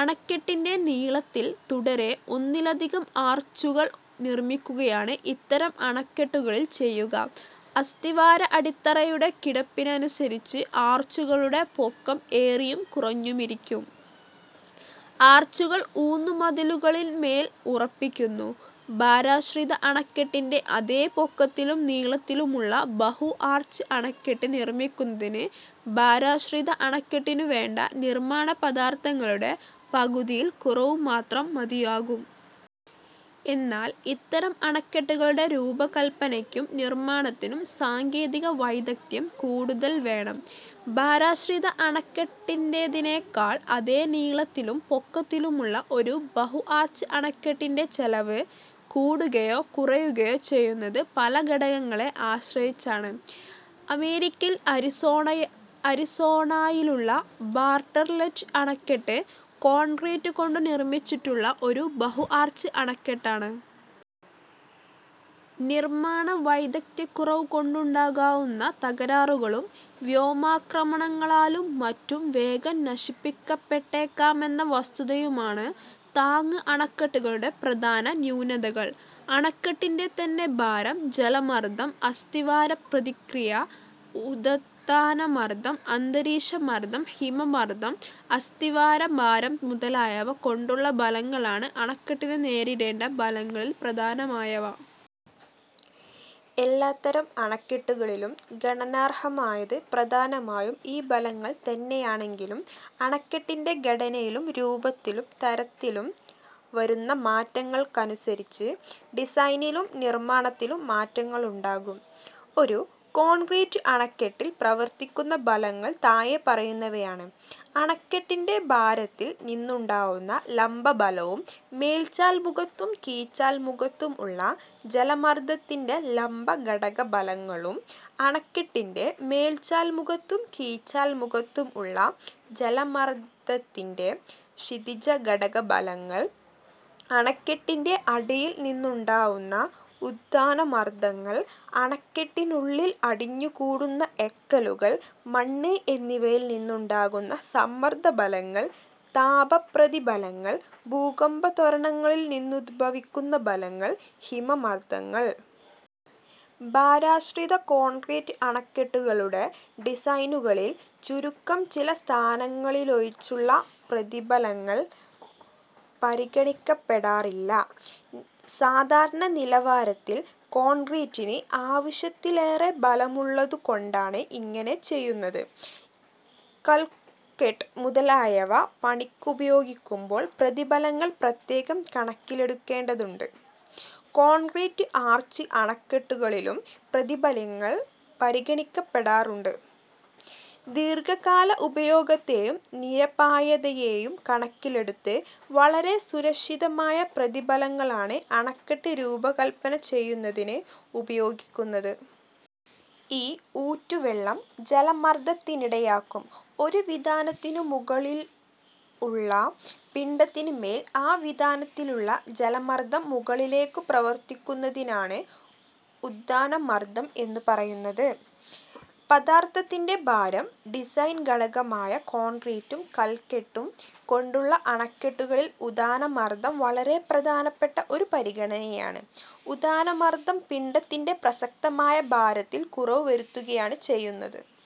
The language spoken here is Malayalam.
അണക്കെട്ടിന്റെ നീളത്തിൽ തുടരെ ഒന്നിലധികം ആർച്ചുകൾ നിർമ്മിക്കുകയാണ് ഇത്തരം അണക്കെട്ടുകളിൽ ചെയ്യുക. അസ്തിവാര അടിത്തറയുടെ കിടപ്പിനനുസരിച്ച് ആർച്ചുകളുടെ പൊക്കം ഏറിയും കുറഞ്ഞുമിരിക്കും. ആർച്ചുകൾ ഊന്നുമതിലുകളിൻമേൽ ഉറപ്പിക്കുന്നു. ഭാരാശ്രിത അണക്കെട്ടിന്റെ അതേ പൊക്കത്തിലും നീളത്തിലുമുള്ള ബഹു-ആർച്ച് അണക്കെട്ട് നിർമ്മിക്കുന്നതിന് ഭാരാശ്രിത അണക്കെട്ടിനു വേണ്ട നിർമ്മാണ പദാർഥങ്ങളുടെ പകുതിയിൽ കുറവുമാത്രം മതിയാകും. എന്നാൽ ഇത്തരം അണക്കെട്ടുകളുടെ രൂപകല്പനയ്ക്കും നിർമ്മാണത്തിനും സാങ്കേതിക വൈദഗ്ദ്ധ്യം കൂടുതൽ വേണം. ഭാരാശ്രിത അണക്കെട്ടിന്റേതിനെക്കാൾ, അതേ നീളത്തിലും പൊക്കത്തിലുമുള്ള ഒരു ബഹു-ആർച്ച് അണക്കെട്ടിന്റെ ചെലവ് കൂടുകയോ കുറയുകയോ ചെയ്യുന്നത് പല ഘടകങ്ങളെ ആശ്രയിച്ചാണ്. അമേരിക്കയിൽ അരിസോണാ അരിസോണായിലുള്ള ബാർട്ട്ലറ്റ് അണക്കെട്ട് കോൺക്രീറ്റ് കൊണ്ടു നിർമ്മിച്ചിട്ടുള്ള ഒരു ബഹു-ആർച്ച് അണക്കെട്ടാണ്. നിർമ്മാണ വൈദഗ്ദ്ധ്യക്കുറവു കൊണ്ടുണ്ടാകാവുന്ന തകരാറുകളും, വ്യോമാക്രമണങ്ങളാലും മറ്റും വേഗം നശിപ്പിക്കപ്പെട്ടേക്കാമെന്ന വസ്തുതയുമാണ് താങ്ങ് അണക്കെട്ടുകളുടെ പ്രധാന ന്യൂനതകൾ. അണക്കെട്ടിന്റെ തന്നെ ഭാരം, ജലമർദ്ദം, അസ്തിവാര പ്രതിക്രിയ, ഉത്ഥാന മർദ്ദം, അന്തരീക്ഷ മർദ്ദം, ഹിമ മർദ്ദം, അസ്തിവാര ഭാരം മുതലായവ കൊണ്ടുള്ള ബലങ്ങളാണ് അണക്കെട്ടിന് നേരിടേണ്ട ബലങ്ങളിൽ പ്രധാനമായവ. എല്ലാത്തരം അണക്കെട്ടുകളിലും ഗണനാർഹമായത് പ്രധാനമായും ഈ ബലങ്ങൾ തന്നെയാണെങ്കിലും അണക്കെട്ടിന്റെ ഘടനയിലും, രൂപത്തിലും, തരത്തിലും വരുന്ന മാറ്റങ്ങൾക്കനുസരിച്ച് ഡിസൈനിലും, നിർമ്മാണത്തിലും മാറ്റങ്ങളുണ്ടാകും. ഒരു കോൺക്രീറ്റ് അണക്കെട്ടിൽ പ്രവർത്തിക്കുന്ന ബലങ്ങൾ താഴെ പറയുന്നവയാണ്: അണക്കെട്ടിന്റെ ഭാരത്തിൽ നിന്നുണ്ടാവുന്ന ലംബ ബലവും, മേൽചാൽ മുഖത്തും കീഴ്ചാൽ മുഖത്തും ഉള്ള ജലമർദ്ദത്തിന്റെ ലംബ ഘടക ബലങ്ങളും; അണക്കെട്ടിന്റെ മേൽചാൽ മുഖത്തും കീഴ്ചാൽ മുഖത്തും ഉള്ള ജലമർദ്ദത്തിന്റെ ക്ഷിതിജ ഘടക ബലങ്ങൾ; അണക്കെട്ടിന്റെ അടിയിൽ നിന്നുണ്ടാവുന്ന ഉത്ഥാന മർദ്ദങ്ങൾ; അണക്കെട്ടിനുള്ളിൽ അടിഞ്ഞു കൂടുന്ന എക്കലുകൾ, മണ്ണ് എന്നിവയിൽ നിന്നുണ്ടാകുന്ന സമ്മർദ്ദ ബലങ്ങൾ; താപപ്രതി ബലങ്ങൾ; ഭൂകമ്പ ത്വരണങ്ങളിൽ നിന്നുദ്ഭവിക്കുന്ന ബലങ്ങൾ; ഹിമ മർദ്ദങ്ങൾ. ഭാരാശ്രിത കോൺക്രീറ്റ് അണക്കെട്ടുകളുടെ ഡിസൈനുകളിൽ ചുരുക്കം ചില സ്ഥാനങ്ങളിലൊഴിച്ചുള്ള പ്രതിബലങ്ങൾ പരിഗണിക്കപ്പെടാറില്ല. സാധാരണ നിലവാരത്തിൽ കോൺക്രീറ്റിന് ആവശ്യത്തിലേറെ ബലമുള്ളതു കൊണ്ടാണ് ഇങ്ങനെ ചെയ്യുന്നത്. കൽക്കെട്ട് മുതലായവ പണിക്കുപയോഗിക്കുമ്പോൾ പ്രതിബലങ്ങൾ പ്രത്യേകം കണക്കിലെടുക്കേണ്ടതുണ്ട്. കോൺക്രീറ്റ് ആർച്ച് അണക്കെട്ടുകളിലും പ്രതിബലങ്ങൾ പരിഗണിക്കപ്പെടാറുണ്ട്. ദീർഘകാല ഉപയോഗത്തെയും നിരപായതയെയും കണക്കിലെടുത്ത് വളരെ സുരക്ഷിതമായ പ്രതിബലങ്ങളാണ് അണക്കെട്ട് രൂപകല്പന ചെയ്യുന്നതിന് ഉപയോഗിക്കുന്നത്. ഈ ഊറ്റു വെള്ളം ജലമർദ്ദത്തിനിടയാക്കും. ഒരു വിതാനത്തിനു മുകളിൽ ഉള്ള പിണ്ഡത്തിൻ മേൽ ആ വിതാനത്തിലുള്ള ജലമർദ്ദം മുകളിലേക്കു പ്രവർത്തിക്കുന്നതിനാണ് ഉത്ഥാന മർദം എന്നു പറയുന്നത്. പദാർഥത്തിന്റെ ഭാരം ഡിസൈൻഘടകമായ കോൺക്രീറ്റും കൽക്കെട്ടും കൊണ്ടുള്ള അണക്കെട്ടുകളിൽ ഉത്ഥാനമർദം വളരെ പ്രധാനപ്പെട്ട ഒരു പരിഗണനയാണ്. ഉത്ഥാനമർദ്ദം പിണ്ഡത്തിന്റെ പ്രസക്തമായ ഭാരത്തിൽ കുറവു വരുത്തുകയാണ് ചെയ്യുന്നത്.